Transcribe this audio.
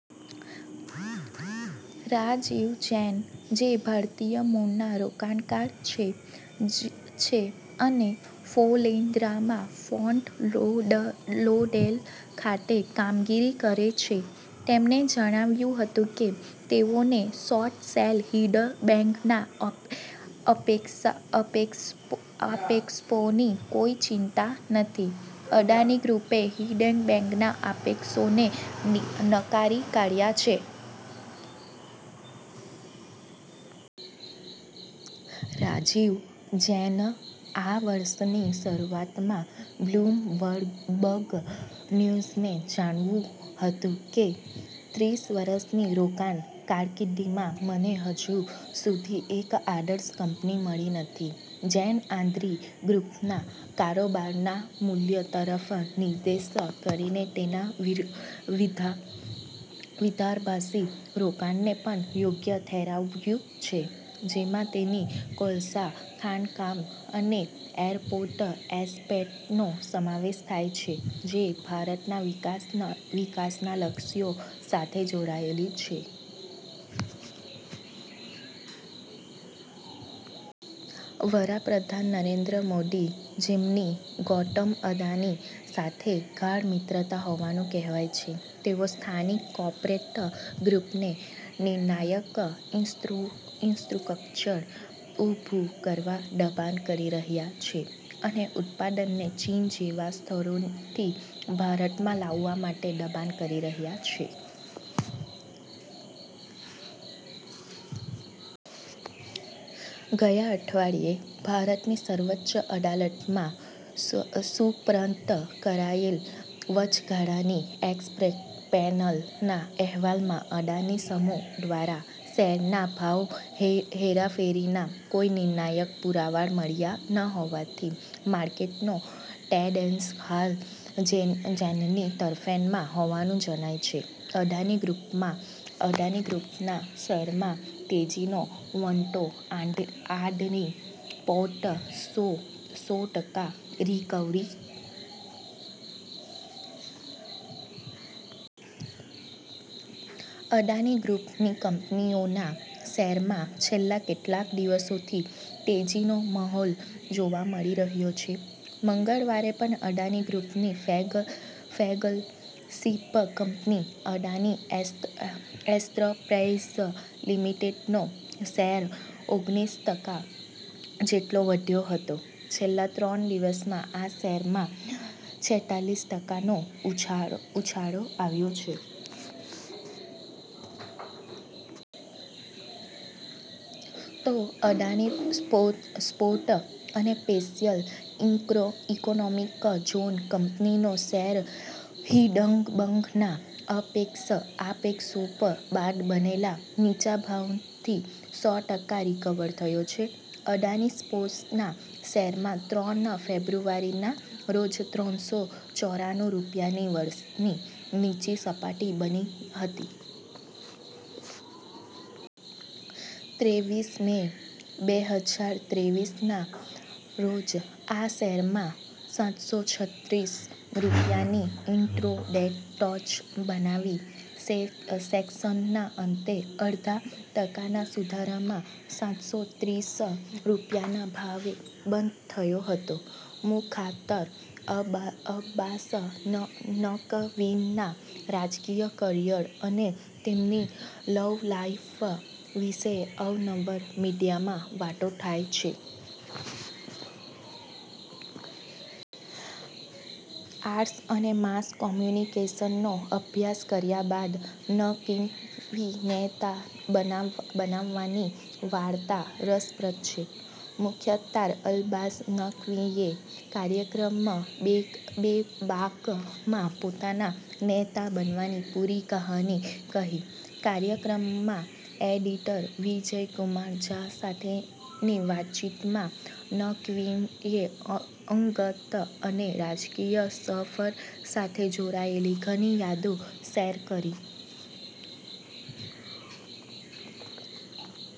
રાજીવ જૈન, જે ભારતીય મૂળના રોકાણકાર છે અને ફ્લોરિડામાં ફોર્ટ લૉડરડેલ ખાતે કામગીરી કરે છે, તેમણે જણાવ્યું હતું કે તેઓને શોર્ટ સેલર હિંડનબર્ગના આક્ષેપોની કોઇ ચિંતા નથી. અદાણી ગ્રૂપે હિંડનબર્ગના આક્ષેપોને નકારી કાઢ્યા છે. રાજીવ જૈને આ વર્ષની શરૂઆતમાં બ્લૂમબર્ગ ન્યૂઝને જણાવ્યું હતું કે ત્રીસ વર્ષની રોકાણ કારકિર્દીમાં મને હજુ સુધી એક આદર્શ કંપની મળી નથી. " જૈને અદાણી ગ્રૂપના કારોબારના મૂલ્ય તરફ નિર્દેશ કરીને તેના વિરોધાભાસી રોકાણને પણ યોગ્ય ઠેરવ્યું છે, જેમાં તેની કોલસા ખાણકામ અને એરપોર્ટ એસપેટનો સમાવેશ થાય છે, જે ભારતના વિકાસના લક્ષ્યો સાથે જોડાયેલી છે. વડા પ્રધાન નરેન્દ્ર મોદી, જેમની ગૌતમ અદાણી સાથે ગાઢ મિત્રતા હોવાનું કહેવાય છે, તેઓ સ્થાનિક કોર્પોરેટ ગ્રૂપને નિર્ણાયક ઈન્સ્ક્ચર ઉભું કરવા દબાણ કરી રહ્યા છે અને ઉત્પાદનને ચીન જેવા સ્થળોથી ભારતમાં લાવવા માટે દબાણ કરી રહ્યા છે. ગયા અઠવાડિયે ભારતની સર્વોચ્ચ અદાલતમાં સુપરત કરાયેલ વચગાળાની એક્સપર્ટ્સ પેનલના અહેવાલમાં અદાણી સમૂહ દ્વારા શેરના ભાવમાં હેરાફેરીના કોઈ નિર્ણાયક પુરાવા મળ્યા ન હોવાથી માર્કેટનો ટ્રેન્ડ્સ હાલ જૈનની તરફેણમાં હોવાનું જણાય છે. અદાણી ગ્રૂપના શેરમાં તેજીનો વંટળો, અદાણી પોર્ટ સો ટકા રિકવરી. અદાણી ગ્રૂપની કંપનીઓના શેરમાં છેલ્લા કેટલાક દિવસથી તેજીનો માહોલ જોવા મળી રહ્યો છે. મંગળવારે પણ અદાણી ગ્રૂપની ફ્લેગશિપ કંપની અદાણી એસ્ટલપ્રાઇઝ લિમિટેડનો શેર ઓગણીસ ટકા જેટલો વધ્યો હતો. છેલ્લા ત્રણ દિવસમાં આ શેરમાં છેતાલીસ ટકાનો ઉછાળો આવ્યો છે. તો અદાણી પોર્ટ્સ અને સ્પેશિયલ ઇકોનોમિક ઝોન કંપનીનો શેર હિંડનબર્ગના આપેક્ષો બાદ બનેલા નીચા ભાવથી સો ટકા રિકવર થયો છે. અદાણી પોર્ટ્સના શેરમાં ત્રણ ફેબ્રુઆરીના રોજ ત્રણસો ચોરાણુ રૂપિયાની વર્ષની નીચી સપાટી બની હતી. ત્રેવીસ મે, બેહજાર ત્રેવીસના રોજ આ શેરમાં સાતસો છ્યાસી રૂપિયાની ઇન્ટ્રા-ડે ટોચ બનાવી સેશનના અંતે અડધા ટકાના સુધારામાં સાતસો તેત્રીસ રૂપિયાના ભાવે બંધ થયો હતો. મુખ્તાર અબ્બાસ નકવીના રાજકીય કરિયર અને તેમની લવ લાઈફ વિશે અવાર નવાર મીડિયામાં વાત થાય છે. આર્ટસ અને માસ કોમ્યુનિકેશનનો અભ્યાસ કર્યા બાદ નકવી નેતા બનવાની વાર્તા રસપ્રદ છે. મુખ્તાર અબ્બાસ નકવીએ કાર્યક્રમ 'બેબાક'માં પોતાના નેતા બનવાની પુરી કહાની કહી. કાર્યક્રમમાં એડિટર વિજય કુમાર ઝા સાથેની વાતચીતમાં નકવીએ અંગત અને રાજકીય સફર સાથે જોડાયેલી ઘણી યાદો શેર કરી.